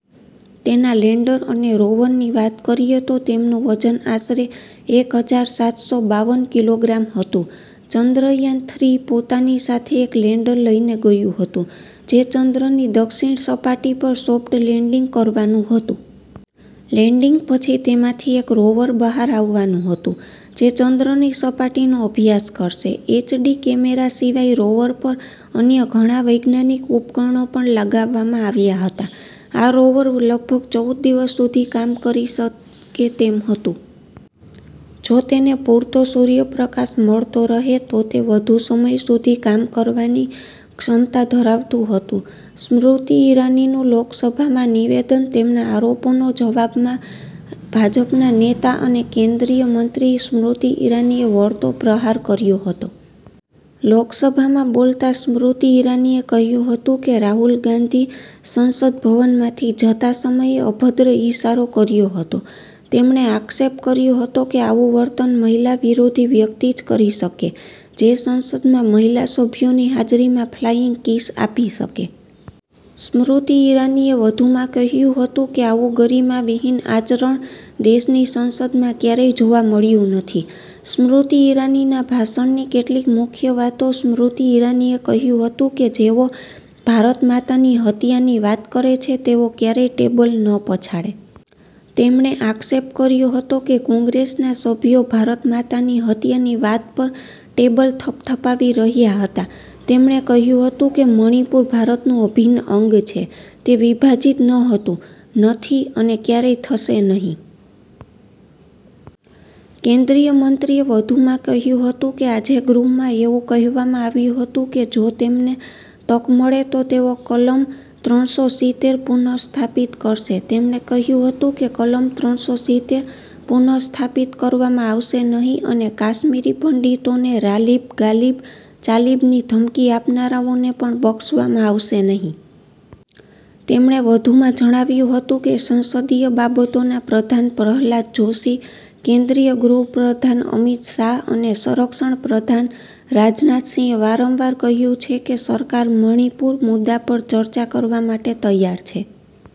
તેના લેન્ડર અને રોવરની વાત કરીએ તો, તેમનું વજન આશરે એક હજાર સાતસો બાવન કિલોગ્રામ હતું. ચંદ્રયાન-થ્રી પોતાની સાથે એક લેન્ડર લઈને ગયું હતું, જે ચંદ્રની દક્ષિણ સપાટી પર સોફ્ટ લેન્ડિંગ કરવાનું હતું. લેન્ડિંગ પછી, તેમાંથી એક રોવર બહાર આવવાનું હતું, જે ચંદ્રની સપાટીનો અભ્યાસ કરશે. એચડી કેમેરા સિવાય રોવર પર અન્ય ઘણા વૈજ્ઞાનિક ઉપકરણો પણ લગાવવામાં આવ્યા હતા. આ રોવર લગભગ ચૌદ દિવસ સુધી કામ કરી શકે તેમ હતું. જો તેને પૂરતો સૂર્યપ્રકાશ મળતો રહે, તો તે વધુ સમય સુધી કામ કરવાની ક્ષમતા પણ ધરાવતું હતું. સ્મૃતિ ઈરાનીનું લોકસભામાં નિવેદન તેમના આરોપોના જવાબમાં ભાજપના નેતા અને કેન્દ્રીય મંત્રી સ્મૃતિ ઈરાનીએ વળતો પ્રહાર કર્યો હતો. લોકસભામાં બોલતાં સ્મૃતિ ઈરાનીએ કહ્યું હતું કે, રાહુલ ગાંધી સંસદ ભવનમાંથી જતા સમયે અભદ્ર ઈશારો કર્યો હતો. તેમણે આક્ષેપ કર્યો હતો કે આવું વર્તન મહિલા વિરોધી વ્યક્તિ જ કરી શકે, જે સંસદમાં મહિલા સભ્યોની હાજરીમાં ફ્લાઈંગ કિસ આપી શકે. સ્મૃતિ ઈરાનીએ વધુમાં કહ્યું હતું કે આવું ગરિમા વિહીન આચરણ દેશની સંસદમાં ક્યારેય જોવા મળ્યું નથી. સ્મૃતિ ઈરાનીના ભાષણની કેટલીક મુખ્ય વાતો સ્મૃતિ ઈરાનીએ કહ્યું હતું કે જેઓ “ભારત માતાની હત્યા”ની વાત કરે છે, તેઓ ક્યારેય ટેબલ ન પછાડે. તેમણે આક્ષેપ કર્યો હતો કે કોંગ્રેસના સભ્યો “ભારત માતાની હત્યા”ની વાત પર ટેબલ થપથપાવી રહ્યા હતા. તેમણે કહ્યું હતું કે મણિપુર ભારતનું અભિન્ન અંગ છે. તે વિભાજિત ન હતું, નથી અને ક્યારેય થશે નહીં. કેન્દ્રીય મંત્રીએ વધુમાં કહ્યું હતું કે આજે ગૃહમાં એવું કહેવામાં આવ્યું હતું કે જો તેમને તક મળે તો તેઓ કલમ ત્રણસો સિત્તેર પુનઃસ્થાપિત કરશે. તેમણે કહ્યું હતું કે કલમ ત્રણસો સિત્તેર પુનઃસ્થાપિત કરવામાં આવશે નહીં અને કાશ્મીરી પંડિતોને “રાલિબ, ગાલિબ, ચાલીબ”ની ધમકી આપનારાઓને પણ બક્ષવામાં આવશે નહીં. તેમણે વધુમાં જણાવ્યું હતું કે સંસદીય બાબતોના પ્રધાન પ્રહલાદ જોશી, કેન્દ્રીય ગૃહ પ્રધાન અમિત શાહ અને સંરક્ષણ પ્રધાન રાજનાથ સિંહે વારંવાર કહ્યું છે કે સરકાર મણિપુર મુદ્દા પર ચર્ચા કરવા માટે તૈયાર છે.